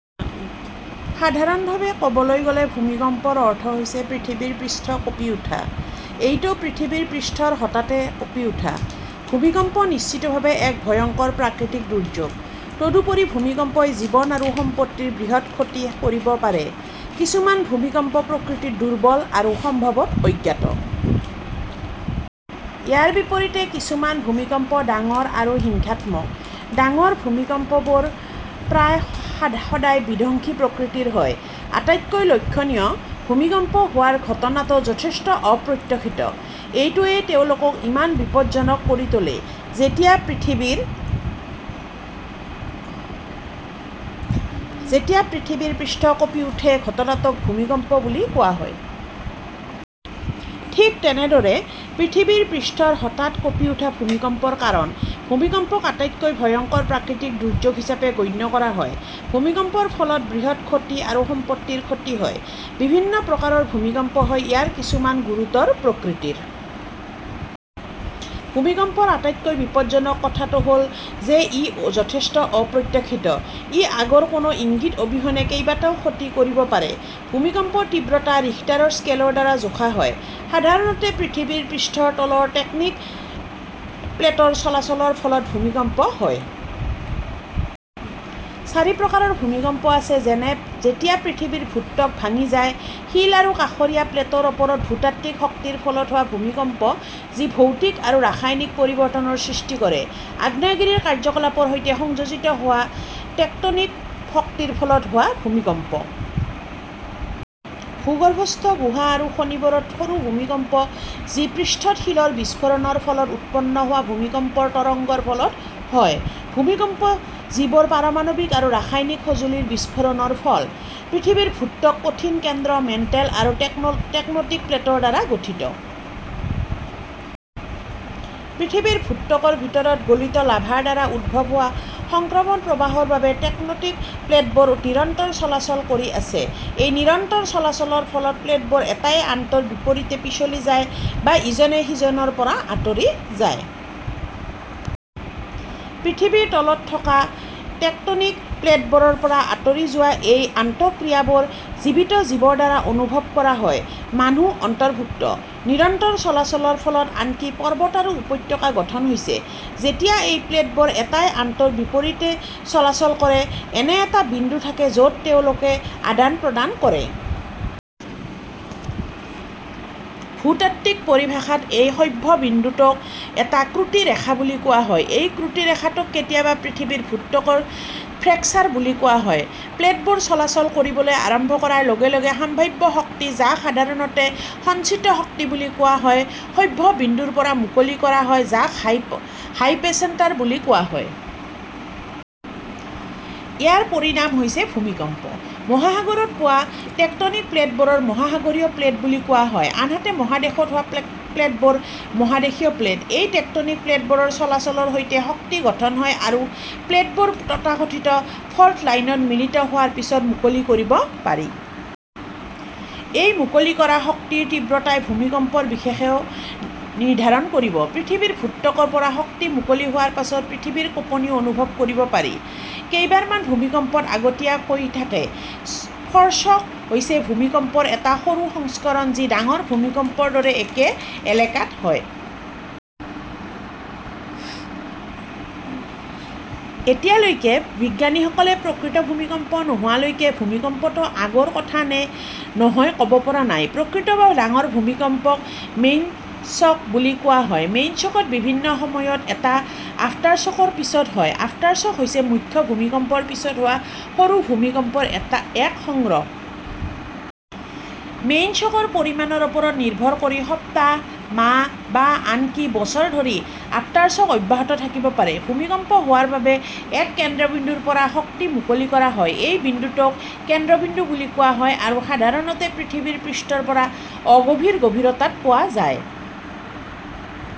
সাধাৰণভাৱে ক'বলৈ গ'লে, ভূমিকম্পৰ অৰ্থ হৈছে পৃথিৱীৰ পৃষ্ঠ কঁপি উঠা। এইটো পৃথিৱীৰ পৃষ্ঠৰ হঠাতে কঁপি উঠা। ভূমিকম্প নিশ্চিতভাৱে এক ভয়ংকৰ প্ৰাকৃতিক দুৰ্যোগ। তদুপৰি, ভূমিকম্পই জীৱন আৰু সম্পত্তিৰ বৃহৎ ক্ষতি কৰিব পাৰে। কিছুমান ভূমিকম্প প্ৰকৃতিত দুৰ্বল আৰু সম্ভৱতঃ অজ্ঞাত। ইয়াৰ বিপৰীতে, কিছুমান ভূমিকম্প ডাঙৰ আৰু হিংসাত্মক। ডাঙৰ ভূমিকম্পবোৰ প্ৰায় সদায় বিধ্বংসী প্ৰকৃতিৰ হয়। আটাইতকৈ লক্ষণীয়, ভূমিকম্প হোৱাৰ ঘটনা টো যথেষ্ট অপ্ৰত্যাশিত। এইটোৱেই তেওঁলোকক ইমান বিপদজনক কৰি তোলে। যেতিয়া পৃথিৱীৰ পৃষ্ঠ কঁপি উঠে, ঘটনাটোক ভূমিকম্প বুলি কোৱা হয়। ঠিক তেনেদৰে, পৃথিৱীৰ পৃষ্ঠৰ হঠাৎ কঁপি উঠাটো ভূমিকম্পৰ কাৰণ। ভূমিকম্পক আটাইতকৈ ভয়ংকৰ প্ৰাকৃতিক দুৰ্যোগ হিচাপে গণ্য কৰা হয়। ভূমিকম্পৰ ফলত বৃহৎ ক্ষতি আৰু সম্পত্তিৰ ক্ষতি হয়। বিভিন্ন প্ৰকাৰৰ ভূমিকম্প হয়। ইয়াৰ কিছুমান গুৰুতৰ প্ৰকৃতিৰ। ভূমিকম্পৰ আটাইতকৈ বিপদজনক কথাটো হ'ল যে ই যথেষ্ট অপ্ৰত্যাশিত। ই আগৰ কোনো ইংগিত অবিহনে কেইবাটাও ক্ষতি কৰিব পাৰে। ভূমিকম্পৰ তীব্ৰতা ৰিখটাৰৰ স্কেলৰ দ্বাৰা জোখা হয়। সাধাৰণতে, পৃথিৱীৰ পৃষ্ঠৰ তলত টেকটনিক প্লেটৰ চলাচলৰ ফলত ভূমিকম্প হয়। চাৰি প্ৰকাৰৰ ভূমিকম্প আছে যেনে – যেতিয়া পৃথিৱীৰ ভূত্বক ভাঙি যায় শিল আৰু কাষৰীয়া প্লেটৰ ওপৰত ভূতাত্ত্বিক শক্তিৰ ফলত হোৱা ভূমিকম্প যি ভৌতিক আৰু ৰাসায়নিক পৰিৱৰ্তনসৃষ্টি কৰে। আগ্নেয়গিৰিৰ কাৰ্যকলাপৰ সৈতে সংযোজিত হোৱা টেকটনিক শক্তিৰ ফলত হোৱা ভূমিকম্প। ভূগৰ্ভস্থ গুহা আৰু খনিবোৰত সৰু ভূমিকম্প যিপৃষ্ঠত শিলৰ বিস্ফোৰণৰ ফলত উৎপন্ন হোৱা ভূমিকম্পৰ তৰংগৰ ফলত হয়। ভূমিকম্প যিবোৰ পাৰমাণৱিক আৰু ৰাসায়নিক সঁজুলিৰ বিস্ফোৰণৰ ফল। পৃথিৱীৰ ভূত্বক কঠিন কেন্দ্ৰ, মেণ্টেল আৰু টেকটনিক প্লেটৰ দ্বাৰা গঠিত। পৃথিৱীৰ ভূত্বকৰ ভিতৰত গলিত লাভাৰ দ্বাৰা উদ্ভৱ হোৱা সংক্ৰমণ প্ৰবাহৰ বাবে টেকটনিক প্লেটবোৰ নিৰন্তৰ চলাচল কৰি আছে। এই নিৰন্তৰ চলাচলৰ ফলত প্লেটবোৰ এটায়ে আনটোৰ বিপৰীতে পিছলি যায় বা ইজনে সিজনৰ পৰা আঁতৰি যায়। পৃথিৱীৰ তলত থকা টেকটনিক প্লেটবোৰৰ পৰা আঁতৰি যোৱা এই আন্তঃক্ৰিয়াবোৰ জীৱিত জীৱৰ দ্বাৰা অনুভৱ কৰা হয়, মানুহ অন্তৰ্ভুক্ত। নিৰন্তৰ চলাচলৰ ফলত আনকি পৰ্বত আৰু উপত্যকা গঠন হৈছে। যেতিয়া এই প্লেটবোৰ এটাই আনটোৰ বিপৰীতে চলাচল কৰে, এনে এটা বিন্দু থাকে য'ত তেওঁলোকে আদান-প্ৰদান কৰে। ভূতাত্ত্বিক পৰিভাষাত, এই সভাবিন্দুটোক এটা ত্ৰুটি ৰেখা বুলি কোৱা হয়। এই ত্ৰুটি ৰেখাটোক কেতিয়াবা পৃথিৱীৰ ভূত্বকত ফ্ৰেকচাৰ বুলি কোৱা হয়। প্লেটবোৰ চলাচল কৰিবলৈ আৰম্ভ কৰাৰ লগে লগে, সাম্ভাব্য শক্তি, যাক সাধাৰণতে সঞ্চিত শক্তি বুলি কোৱা হয়, সভাবিন্দুৰ পৰা মুকলি কৰা হয়, যাক হাইপোচেণ্টাৰ বুলি কোৱা হয়। ইয়াৰ পৰিণাম হৈছে ভূমিকম্প। মহাসাগৰত পোৱা টেকটনিক প্লেটবোৰক মহাসাগৰীয় প্লেট বুলি কোৱা হয় আনহাতে মহাদেশত পোৱা প্লেটবোৰ মহাদেশীয় প্লেট। এই টেকটনিক প্লেটবোৰৰ চলাচলৰ সৈতে, শক্তি গঠন হয় আৰু এই প্লেটবোৰ তথাকথিত ফল্ট লাইনত মিলিত হোৱাৰ পিছত মুকলি কৰিব পাৰি। এই মুকলি কৰা শক্তিৰ তীব্ৰতাই ভূমিকম্পৰ বিষয়েও নিৰ্ধাৰণ কৰিব। পৃথিৱীৰ ভূত্বকৰ পৰা শক্তি মুকলি হোৱাৰ পিছত পৃথিৱীৰ কঁপনি অনুভৱ কৰিব পাৰি। কেইবাৰমান ভূমিকম্পত আগতীয়া কৈ থাকে। ফ'ৰশ্বক হৈছে ভূমিকম্পৰ এটা সৰু সংস্কৰণ যি ডাঙৰ ভূমিকম্পৰ দৰে একে এলেকাত হয়। এতিয়ালৈকে, বিজ্ঞানীসকলে প্ৰকৃত ভূমিকম্প নোহোৱালৈকে ভূমিকম্প টো আগৰ কথা নে নহয় ক'ব পৰা নাই। প্ৰকৃত বা ডাঙৰ ভূমিকম্পক মেইনশ্বক বুলি কোৱা হয়। মেইনশ্বক, বিভিন্ন সময়ত, এটা আফটাৰশ্বকৰ পিছত হয়। আফটাৰশ্বক হৈছে মুখ্য ভূমিকম্পৰ পিছত হোৱা সৰু ভূমিকম্পৰ এক সংগ্ৰহ। মেইনশ্বকৰ পৰিমাণৰ ওপৰত নিৰ্ভৰ কৰি, সপ্তাহ, মাহ বা আনকি বছৰধৰি আফটাৰশ্বক অব্যাহত থাকিব পাৰে। ভূমিকম্প হোৱাৰ বাবে, এক কেন্দ্ৰবিন্দুৰ পৰা শক্তি মুকলি কৰা হয়। এই বিন্দুটোক কেন্দ্ৰবিন্দু বুলি কোৱা হয় আৰু সাধাৰণতে পৃথিৱীৰ পৃষ্ঠৰ পৰা অগভীৰ গভীৰতাত পোৱা যায়।